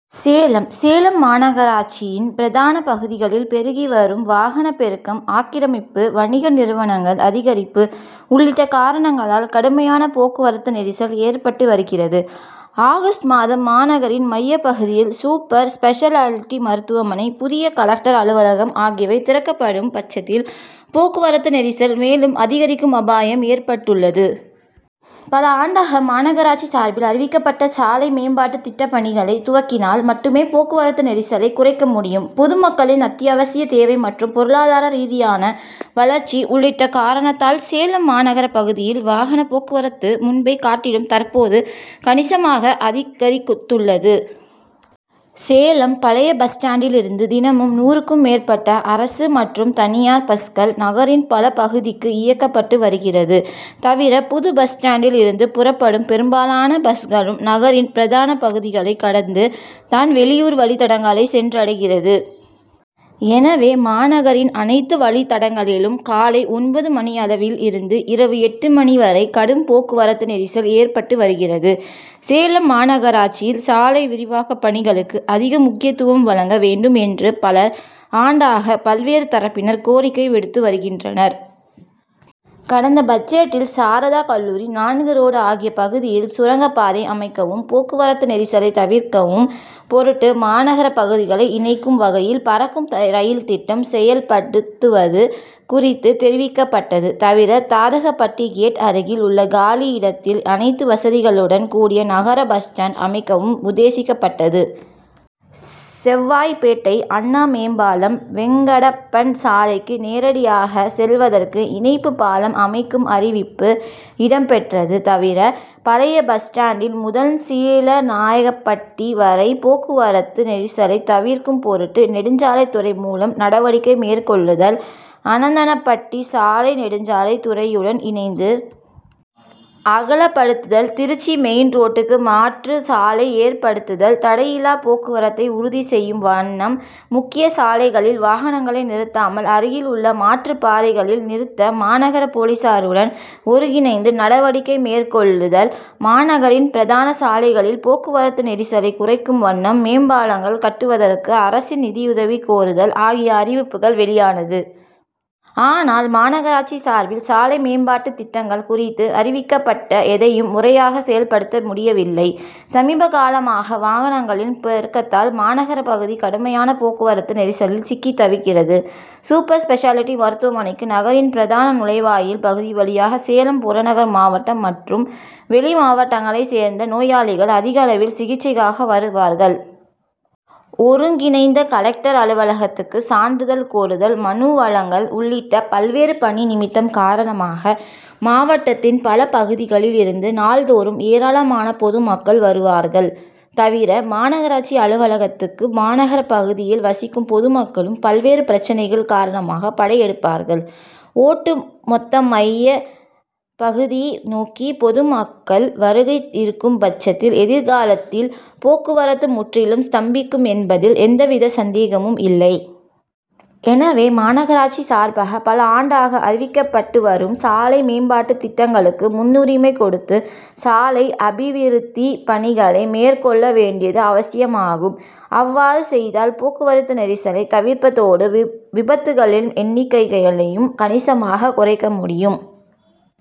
சேலம் சேலம் மாநகராட்சியின் பிரதான பகுதிகளில் பெருகி வரும் வாகன பெருக்கம், ஆக்கிரமிப்பு, வணிக நிறுவனங்கள் அதிகரிப்பு உள்ளிட்ட காரணங்களால் கடுமையான போக்குவரத்து நெரிசல் ஏற்பட்டு வருகிறது. ஆகஸ்ட் மாதம் மாநகரின் மைய பகுதியில் சூப்பர் ஸ்பெஷாலிட்டி மருத்துவமனை, புதிய கலெக்டர் அலுவலகம் ஆகியவை திறக்கப்படும் பட்சத்தில் போக்குவரத்து நெரிசல் மேலும் அதிகரிக்கும் அபாயம் ஏற்பட்டுள்ளது. பல ஆண்டாக மாநகராட்சி சார்பில் அறிவிக்கப்பட்ட சாலை மேம்பாட்டு திட்டப்பணிகளை துவக்கினால் மட்டுமே போக்குவரத்து நெரிசலை குறைக்க முடியும். பொதுமக்களின் அத்தியாவசிய தேவை மற்றும் பொருளாதார ரீதியான வளர்ச்சி உள்ளிட்ட காரணத்தால் சேலம் மாநகர பகுதியில் வாகன போக்குவரத்து முன்பை காட்டிலும் தற்போது கணிசமாக அதிகரித்துள்ளது. சேலம் பழைய பஸ் ஸ்டாண்டில் இருந்து தினமும் நூறு க்கும் மேற்பட்ட அரசு மற்றும் தனியார் பஸ்கள் நகரின் பல பகுதிக்கு இயக்கப்பட்டு வருகிறது. தவிர, புது பஸ் ஸ்டாண்டில் இருந்து புறப்படும் பெரும்பாலான பஸ்களும் நகரின் பிரதான பகுதிகளை கடந்து தான் வெளியூர் வழித்தடங்களை சென்றடைகிறது. எனவே, மாநகரின் அனைத்த வழித்தடங்களிலும் காலை ஒன்பது மணியில் இருந்து இரவு எட்டு மணி வரை கடும் போக்குவரத்து நெரிசல் ஏற்பட்டு வருகிறது. சேலம் மாநகராட்சியில் சாலை விரிவாக்க பணிகளுக்கு அதிக முக்கியத்துவம் வழங்க வேண்டும் என்று பல ஆண்டாக பல்வேறு தரப்பினர் கோரிக்கை விடுத்து வருகின்றனர். கடந்த பட்ஜெட்டில் சாரதா கல்லூரி, நான்கு ரோடு ஆகிய பகுதியில் சுரங்கப்பாதை அமைக்கவும், போக்குவரத்து நெரிசலை தவிர்க்கும் பொருட்டு மாநகர பகுதிகளை இணைக்கும் வகையில் பறக்கும் ரயில் திட்டம் செயல்படுத்துவது குறித்து தெரிவிக்கப்பட்டது. தவிர, தாதகாப்பட்டி கேட் அருகில் உள்ள காலி இடத்தில் அனைத்து வசதிகளுடன் கூடிய நகர பஸ் ஸ்டாண்ட் அமைக்கவும் உத்தேசிக்கப்பட்டது. செவ்வாய்ப்பேட்டை அண்ணா மேம்பாலம்-வெங்கடப்பன் சாலைக்கு நேரடியாக செல்வதற்கு இணைப்பு பாலம் அமைக்கும் அறிவிப்பு இடம் பெற்றது. தவிர, பழைய பஸ் ஸ்டாண்டில் முதல் சீலநாயக்கன்பட்டி வரை போக்குவரத்து நெரிசலை தவிர்க்கும் பொருட்டு நெடுஞ்சாலை துறை மூலம் நடவடிக்கை மேற்கொள்ளுதல், அன்னதானப்பட்டி சாலையை நெடுஞ்சாலை துறையுடன் இணைந்து அகலப்படுத்துல், திருச்சி மெயின் ரோட்டுக்கு மாற்று சாலை ஏற்படுத்துதல், தடையில்லா போக்குவரத்தை உறுதி செய்யும் வண்ணம் முக்கிய சாலைகளில் வாகனங்களை நிறுத்தாமல் அருகில் உள்ள மாற்று பாதைகளில் நிறுத்த மாநகர போலீஸாருடன் ஒருங்கிணைந்து நடவடிக்கை மேற்கொள்ளுதல், மாநகரின் பிரதான சாலைகளில் போக்குவரத்து நெரிசலை குறைக்கும் வண்ணம் மேம்பாலங்கள் கட்டுவதற்கு அரசின் நிதியுதவி கோருதல் ஆகிய அறிவிப்புகள் வெளியானது. ஆனால், மாநகராட்சி சார்பில் சாலை மேம்பாட்டு திட்டங்கள் குறித்து அறிவிக்கப்பட்ட எதையும் முறையாக செயல்படுத்த முடியவில்லை. சமீபகாலமாக வாகனங்களின் பெருக்கத்தால் மாநகர பகுதி கடுமையான போக்குவரத்து நெரிசலில் சிக்கி தவிக்கிறது. சூப்பர் ஸ்பெஷாலிட்டி மருத்துவனைக்கு நகரின் பிரதான நுழைவு வாயில் பகுதி வழியாக சேலம் புறநகர் மாவட்டம் மற்றும் வெளி மாவட்டங்களை சேர்ந்த நோயாளிகள் அதிகளவில் சிகிச்சைக்காக வருவார்கள். ஒருங்கிணைந்த கலெக்டர் அலுவலகத்துக்கு சான்றிதழ் கோருதல், மனு வழங்கல் உள்ளிட்ட பல்வேறு பணி நிமித்தம் காரணமாக, மாவட்டத்தின் பல பகுதிகளில் இருந்து நாள்தோறும் ஏராளமான பொதுமக்கள் வருவார்கள். தவிர, மாநகராட்சி அலுவலகத்துக்கு மாநகர பகுதியில் வசிக்கும் பொதுமக்களும் பல்வேறு பிரச்னைகள் காரணமாக படையெடுப்பார்கள். ஒட்டு மொத்தமாக மைய பகுதியை நோக்கி பொதுமக்கள் வருகை இருக்கும் பட்சத்தில் எதிர்காலத்தில் போக்குவரத்து முற்றிலும் ஸ்தம்பிக்கும் என்பதில் எந்தவித சந்தேகமும் இல்லை. எனவே, மாநகராட்சி சார்பாக பல ஆண்டாக அறிவிக்கப்பட்டு வரும் சாலை மேம்பாட்டு திட்டங்களுக்கு முன்னுரிமை கொடுத்து, சாலை அபிவிருத்தி பணிகளை மேற்கொள்ள வேண்டியது அவசியமாகும். அவ்வாறு செய்தால் போக்குவரத்து நெரிசலை தவிர்ப்பதோடு, விபத்துக்களின் எண்ணிக்கையையும் கணிசமாக குறைக்க முடியும்.